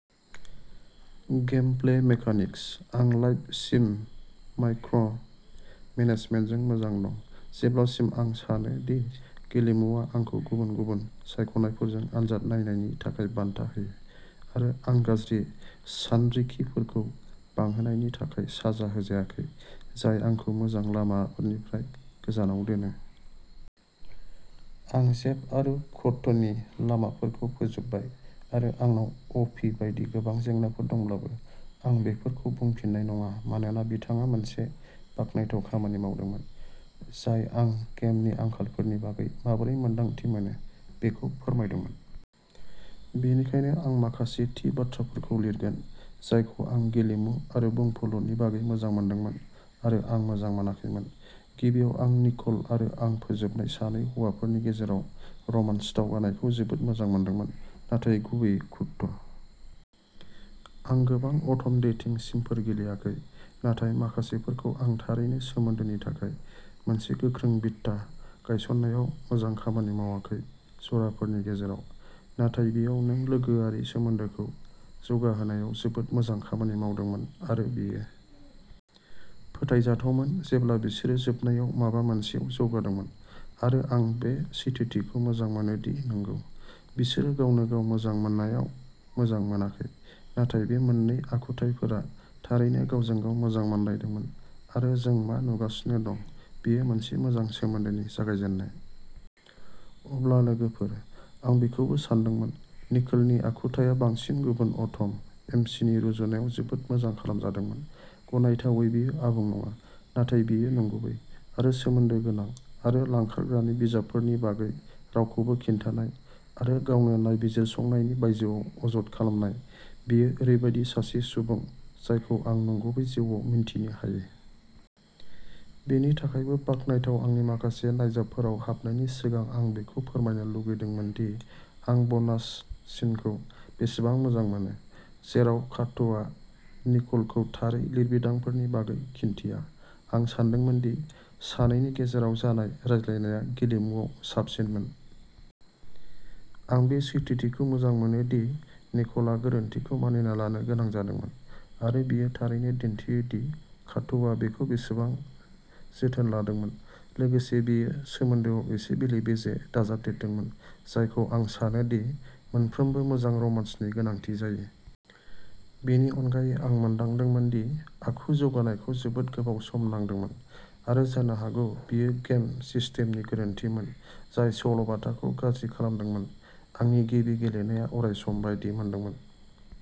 Gameplay mechanics. आं life sim micro' मेनेजमेन्टजों मोजां दं, जेब्लासिम आं सानो दि गेलेमुआ आंखौ गुबुन गुबुन सायख'नायफोरजों आनजाद नायनायनि थाखाय बान्था होयो आरो आं गाज्रि सानरिखिफोरखौ बांहोनायनि थाखाय साजा होजायाखै, जाय आंखौ मोजां लामाफोरनिफ्राय गोजानाव दोनो। आं जेफ आरो कुर्टनि लामाफोरखौ फोजोबबाय आरो आंनाव अ पि बायदि गोबां जेंनाफोर दंब्लाबो आं बेफोरखौ बुंफिननाय नङा मानोना बिथाङा मोनसे बाखनायथाव खामानि मावदोंमोन, जाय आं गेमनि आंखालफोरनि बागै माबोरै मोन्दांथि मोनो बेखौ फोरमायदोंमोन। बेनिखायनो आं माखासे थि बाथ्राफोरखौ लिरगोन, जायखौ आं गेलेमु आरो बुंफुरलुनि बागै मोजां मोनदोंमोन आरो मोजां मोनाखैमोन। गिबियाव आं निक'ल आरो आं फोजोबनाय सानै हौवाफोरनि गेजेराव रमान्स दावगानायखौ जोबोद मोजां मोनदोंमोन, नाथाय गुबैयै कुर्ट। आं गोबां अट'म डेटिं सिमफोर गेलेयाखै, नाथाय माखासेफोरखौ आं थारैनो सोमोन्दोनि थाखाय मोनसे गोख्रों बिथा गायसननायाव मोजां खामानि मावाखै जराफोरनि गेजेराव। नाथाय बेयाव नों लोगोआरि सोमोन्दोखौ जौगाहोनायाव जोबोद मोजां खामानि मावदोंमोन आरो बेयो फोथायजाथावमोन जेब्ला बिसोरो जोबनायाव माबा मोनसेयाव जौगादोंमोन आरो आं बे सैथोथिखौ मोजां मोनो दि नंगौ, बिसोरो गावनो गाव मोजां मोननायाव मोजां मोनाखै, नाथाय बे मोन्नै आखुथाइफोरा थारैनो गावजों गाव मोजां मोनलायदोंमोन आरो जों मा नुगासिनो दं बेयो मोनसे मोजां सोमोन्दोनि जागायजेन्नाय। अब्ला लोगोफोर! आं बेखौबो सानदोंमोन निकोलनि आखुथाया बांसिन गुबुन अट'म एम सि नि रुजुनायाव जोबोद मोजां खालामजादोंमोन। गनायथावै बियो आबुं नङा, नाथाय बियो नंगुबै आरो सोमोन्दो गोनां आरो लांखारग्रानि बिजाबफोरनि बागै रावखौबो खिन्थानाय आरो गावनो नायबिजिरसंनायनि बायजोआव अजद खालामनाय, बियो ओरैबायदि सासे सुबुं जायखौ आं नंगुबै जिउआव मिन्थिनो हायो। बेनि थाखायबो बाख्नायनाय आंनि माखासे नायजाबफोराव हाबनायनि सिगां आं बेखौ फोरमायनो लुगैदोंमोन दि आं ब'नास सिनखौ बेसेबां मोजां मोनो जेराव कार्टआ निक'लखौ थारै लिरबिदांफोरनि बागै खिन्थिया। आं सानदोंमोन दि सानैनि गेजेराव जानाय रायज्लायनाया गेलेमुआव साबसिनमोन। आं बे सैथोथिखौ मोजां मोनो दि निक'लआ गोरोन्थिखौ मानिना लानो गोनां जादोंमोन आरो बेयो थारैनो दिन्थियो दि कार्टआ बिखौ बेसेबां जोथोन लादोंमोन। लोगोसे बेयो सोमोन्दोआव एसे बेले-बेजे दाजाबदेरदोंमोन, जायखौ आं सानो दि मोनफ्रोमबो मोजां रमान्सनि गोनांथि जायो। बेनि अनगायै आं मोनदांदोंमोन दि आखु जौगानायखौ जोबोद गोबाव सम नांदोंमोन आरो जानो हागौ बेयो गेम सिस्टेमनि गोरोन्थिमोन जाय सल'बाथाखौ गाज्रि खालामदोंमोन। आंनि गिबि गेलेनाया अरायसम बायदि मोनदोंमोन।